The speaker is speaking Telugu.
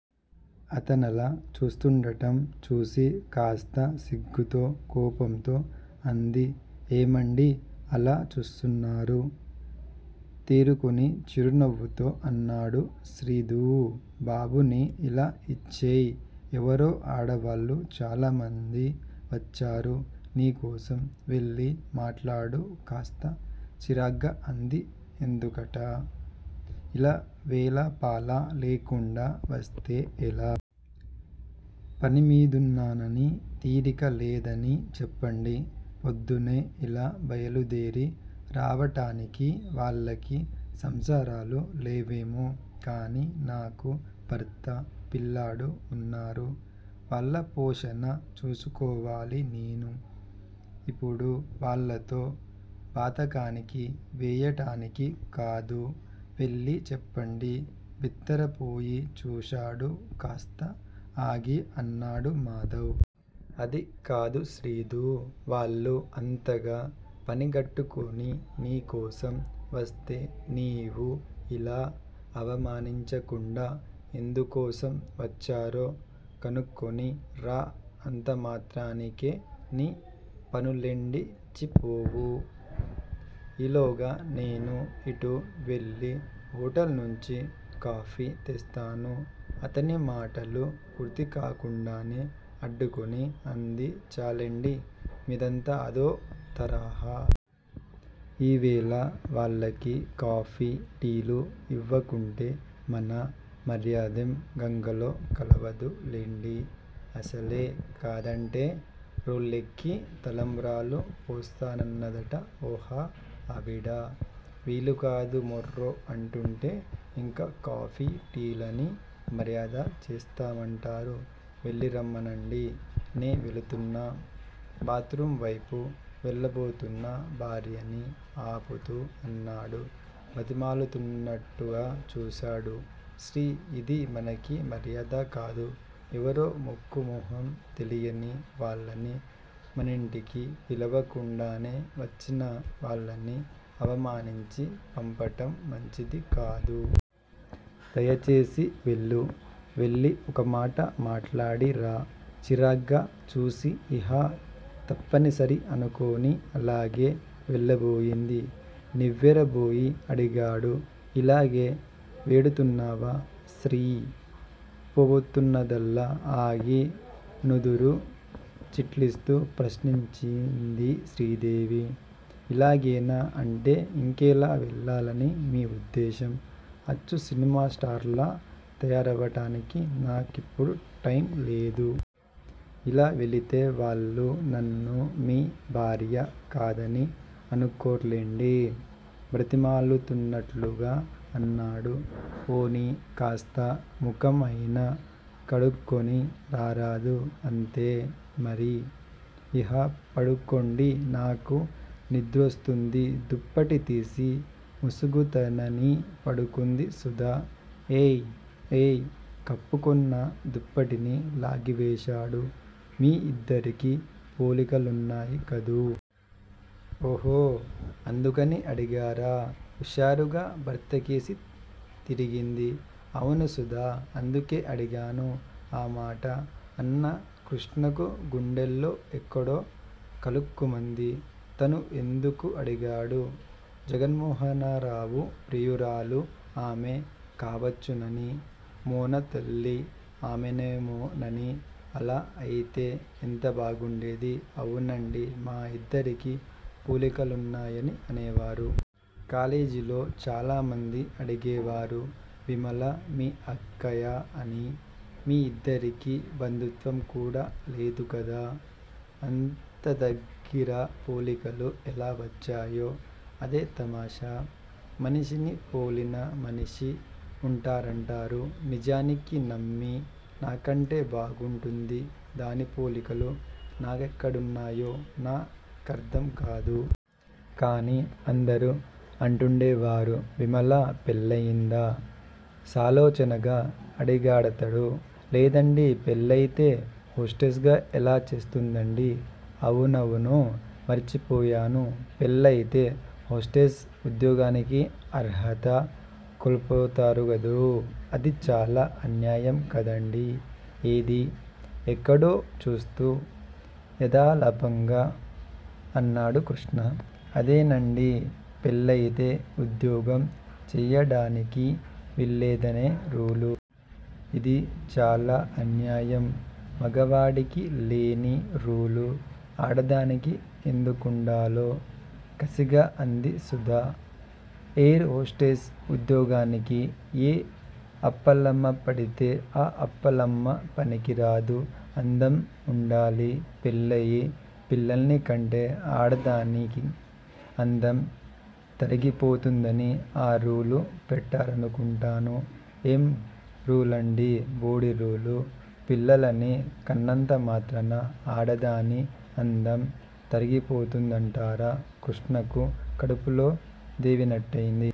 అతనలా చూస్తుండటం చూసి కాస్త సిగ్గుతో కోపంతో అంది ఏమండీ అలా చూస్తున్నారు? తేరుకుని చిరునవ్వుతో అన్నాడు శ్రీదూ! బాబుని ఇలా ఇచ్చేయ్, ఎవరో ఆడవాళ్ళు చాలామంది వచ్చారు నీకోసం వెళ్ళి మాట్లాడు కాస్త చిరాగ్గా అంది ఎందుకట? ఇలా వేళా పాళా లేకుండా వస్తే ఎలా? పనిమీదున్నానని తీరిక లేదని చెప్పండి. పొద్దున్నే ఇలా బయలుదేరి రావటానికి వాళ్ళకి సంసారాలు లేవేమో కాని నాకు భర్త, పిల్లాడు వున్నారు. వాళ్ళ పోషణ చూచుకోవాలి నేను. ఇపుడు వాళ్ళతో బాతాఖాని వేయటానికి కాదు. వెళ్ళి చెప్పండి. బిత్తరపోయి చూశాడు కాస్త ఆగి అన్నాడు మాధవ్! అది కాదు శ్రీదూ, వాళ్లు అంతగా పనిగట్టుకుని నీ కోసం వస్తే నీవు ఇలా అవమానించకుండా ఎందుకోసం వచ్చారో కనుక్కుని రా, అంతమాత్రానికే నీ పనులేంచెడిపోవు. ఈలోగా నేను ఇటు వెళ్లి హొటల్ నుంచి కాఫీ తెస్తాను. అతని మాటలు పూర్తికాకుండానే అడ్డుకుని అంది చాల్లెండి, మిదంతా అదో తరహా. ఈవేళ వాళ్ళకి కాఫీ, టీలు ఇవ్వకుంటే మన మర్యాదెం గంగలో కలవదు లెండి. అసలే కాదంటే రోలెక్కి తలంబ్రాలు పోస్తానన్నదట ఒహ ఆవిడ వీలుకాదు మొఱ్ఱో అంటుంటే ఇంకా కాఫీ, టీలని మర్యాద చేస్తామంటారు వెళ్ళిరమ్మనండి. నే వెళుతున్నా. బాత్ రూమ్ వైపు వెళ్ళబోతున్న భార్యని ఆపుతూ అన్నాడు బతిమాలుతున్నట్టుగా చూడు శ్రీ ఇది మనకి మర్యాద కాదు ఎవరో ముక్కు మొహం తెలియని వాళ్ళని మనింటికి పిలవకుండానే వచ్చిన వాళ్ళని అవమానించి పంపటం మంచిది కాదు. దయచేసి వెళ్ళు. వెళ్ళి ఒకమాట మాట్లాడిరా. చిరాగ్గా చూసి ఇహ తప్పనిసరి అనుకుని అలాగే వెళ్ళబోయింది. నివ్వేరబోయి అడిగాడు ఇలాగే వెడుతున్నావా శ్రీ పోబోతున్నదల్లా ఆగి నుదురు చిట్లిస్తూ ప్రశ్నించింది శ్రీదేవి! ఇలాగేనా అంటే ఇంకెలా వెళ్ళాలని మీ ఉద్దేశం? అచ్చు సినిమా స్టార్లా తయారవటానికి నా కిప్పుడు టైం లేదు. ఇలా వెళితే వాళ్లు నన్ను మీ భార్య కాదని అనుకోర్లెండి? బ్రతిమాలుతున్నట్టుగా అన్నాడు. పోనీ కాస్త ముఖం అయినా కడుక్కుని రారాదూ! అంతే, మరి? ఇహ పడుకోండి, నాకు నిద్రొస్తోంది దుప్పటి తీసి ముసుగుతనని పడుకుంది సుధ. ఏయ్! ఏయ్! కప్పుకొన్న దుప్పటిని లాగివేశాడు. మీ ఇద్దరికీ పోలికలున్నాయి కదూ? ఓహో! అందుకని అడిగారా? ఉషారుగా భర్తకేసి తిరిగింది. అవును సుధా! అందుకే అడిగాను. ఆమాట అన్న కృష్ణకు గుండెల్లో ఎక్కడో కలుక్కుమంది. తను ఎందుకు అడిగాడు? జగన్మోహనరావు ప్రియురాలు ఆమె కావచ్చునని! మోనా తల్లి ఆమేనేమోనని! అలా అయితే ఎంత బాగుండేది? అవునండీ! మా ఇద్దరికీ పోలికలున్నాయని అనేవారు. కాలేజీలో చాలామంది అడిగేవారు విమల మీ అక్కయ్యా అని. మీ ఇద్దరికీ బంధుత్వం కూడా లేదు కదా? అంతదగ్గిర పోలికలు ఎలా వచ్చాయో? అదే తమాషా! మనిషిని పోలిన మనిషి ఉంటారంటారు. నిజానికి నిమ్మీ నాకంటే బాగుంటుంది. దాని పోలికలు నాకెక్కడున్నాయో నా కర్ధం కాదు. కాని అందరూ అంటుండేవారు. విమల పెళ్ళయిందా? సాలోచనగా అడిగాడతడు. లేదండీ! పెళ్ళయితే హోస్టెస్ గా ఎలా చేస్తుందండీ? అవునవును. మర్చిపోయాను. పెళ్ళయితే హోస్టెస్ ఉద్యోగానికి అర్హత కోల్పోతారుగదూ? అది చాలా అన్యాయం కదండీ! ఏదీ? ఎక్కడో చూస్తూ యధాలాపంగా అన్నాడు కృష్ణ. అదేనండీ! పెళ్ళయితే ఉద్యోగం చేయడానికి వీల్లేదనే రూలు ఇది చాలా అన్యాయం. మగవాడికి లేని రూలు ఆడదానికి ఎందుకుండాలో? కసిగా అంది సుధ. ఎయిర్ హోస్టెస్ ఉద్యోగానికి ఏ అప్పలమ్మ పడితే ఆ అప్పలమ్మ పనికిరాదు. అందం ఉండాలి. పెళ్ళయి పిల్లల్నికంటె ఆడదాని అందం తరిగిపోతుందని ఆ రూలు పెట్టారనుకుంటాను. ఏం రూలండీ బోడిరూలు? పిల్లలని కన్నంతమాత్రాన ఆడదాని అందం తరిగిపోతుందంటారా! కృష్ణకు కడుపులో దేవినట్టయింది.